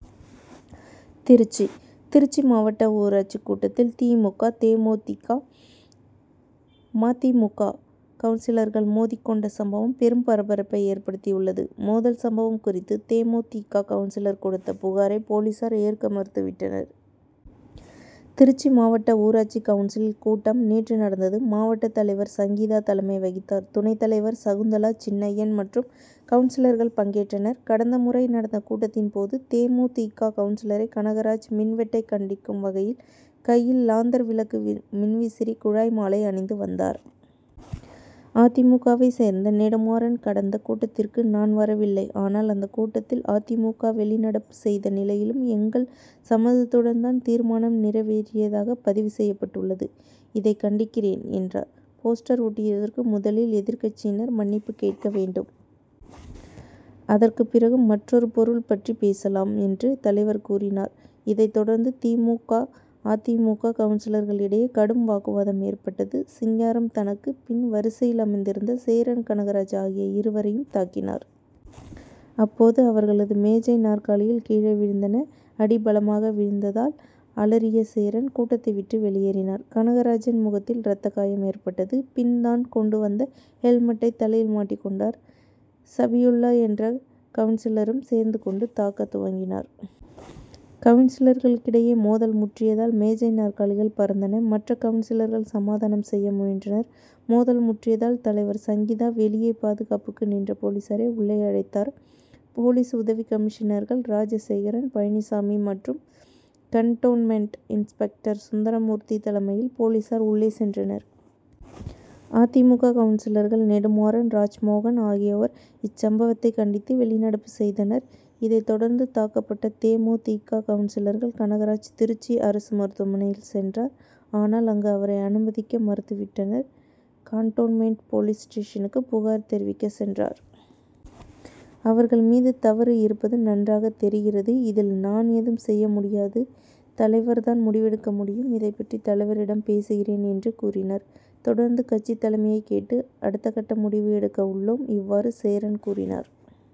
திருச்சி திருச்சி மாவட்ட ஊராட்சி கூட்டத்தில், தி. மு. க., தே. மு. தி. க., ம. தி. மு. க., கவுன்சிலர்கள் மோதிக் கொண்ட சம்பவம், பெரும் பரபரப்பை ஏற்படுத்தியுள்ளது. மோதல் சம்பவம் குறித்து, தே. மு. தி. க., கவுன்சிலர் கொடுத்த புகாரை, போலீசார் ஏற்க மறுத்து விட்டனர். திருச்சி மாவட்ட ஊராட்சி கவுன்சில் கூட்டம் நேற்று நடந்தது. மாவட்டத் தலைவர் சங்கீதா தலைமை வகித்தார். துணைத் தலைவர் சகுந்தலா சின்னையன் மற்றும் கவுன்சிலர்கள் பங்கேற்றனர். கடந்த முறை நடந்த கூட்டத்தின் போது, தே. மு. தி. க., கவுன்சிலர் கனகராஜ், மின்வெட்டை கண்டிக்கும் வகையில் கையில் லாந்தர் விளக்கு, மின்விசிறி, குழாய் மாலை அணிந்து வந்தார். அ. தி. மு. க.,வைச் சேர்ந்த நெடுமாறன், கடந்த கூட்டத்துக்கு நான் வரவில்லை. ஆனால், அந்த கூட்டத்தில் அ. தி. மு. க., வெளிநடப்பு செய்த நிலையிலும், எங்கள் சம்மதத்துடன் தான் தீர்மானம் நிறைவேறியதாக பதிவு செய்யப்பட்டுள்ளது இதை கண்டிக்கிறேன்,'' என்றார். போஸ்டர் ஒட்டியதற்கு முதலில் எதிர்க்கட்சியினர் மன்னிப்பு கேட்க வேண்டும். அதற்கு பிறகு மற்ற பொருள் பற்றி பேசலாம், என்று, தலைவர் கூறினார். இதைத் தொடர்ந்து தி. மு. க., அ. தி. மு. க., கவுன்சிலர்கள் இடையே கடும் வாக்குவாதம் ஏற்பட்டது. சிங்காரம், தனக்கு பின் வரிசையில் அமர்ந்திருந்த சேரன், கனகராஜ் ஆகிய இருவரையும் தாக்கினார். அப்போது அவர்களது மேஜை, நாற்காலிகள் கீழே விழுந்தன. அடி பலமாக விழுந்ததால், அலறிய சேரன், கூட்டத்தை விட்டு வெளியேறினார். கனகராஜின் முகத்தில் ரத்த காயம் ஏற்பட்டது. பின், தான் கொண்டு வந்த, ஹெல்மெட்டை தலையில் மாட்டிக் கொண்டார். சபியுல்லா என்ற கவுன்சிலரும் சேர்ந்து கொண்டு தாக்கத் துவங்கினார். கவுன்சிலரிடையே மோதல் முற்றியதில் மேஜை, நாற்காலிகள் பறந்தன. மற்ற கவுன்சிலர்கள் சமாதானம் செய்ய முயன்றனர். மோதல் முற்றியதால், தலைவர் சங்கீதா, வெளியே பாதுகாப்புக்கு நின்ற போலீசாரை உள்ளே அழைத்தார். போலீஸ் உதவி கமிஷனர்கள் ராஜசேகரன், பழனிசாமி மற்றும் கன்டோன்மென்ட் இன்ஸ்பெக்டர் சுந்தரமூர்த்தி தலைமையில், போலீசார் உள்ளே சென்றனர். அ. தி. மு. க., கவுன்சிலர்கள் நெடுமாறன், ராஜ்மோகன் ஆகியோர், இச்சம்பவத்தை கண்டித்து வெளிநடப்பு செய்தனர். இதைத் தொடர்ந்து தாக்கப்பட்ட தே. மு. தி. க., கவுன்சிலர்கள் கனகராஜ் திருச்சி அரசு மருத்துவமனைக்குச் சென்றார். ஆனால், அங்கு அவரை அனுமதிக்க மறுத்துவிட்டனர். கன்டோன்மென்ட் போலீஸ் ஸ்டேஷனுக்கு புகார் தெரிவிக்கச் சென்றார். அவர்கள் மீது தவறு இருப்பது நன்றாக தெரிகிறது. இதில், நான் எதுவும் செய்ய முடியாது. தலைவர் தான் முடிவெடுக்க முடியும். இதுபற்றி தலைவரிடம் பேசுகிறேன்' என்று கூறினார். தொடர்ந்து கட்சித் தலைமையைக் கேட்டு அடுத்தக்கட்ட முடிவு எடுக்க உள்ளோம். இவ்வாறு சேரன் கூறினார்.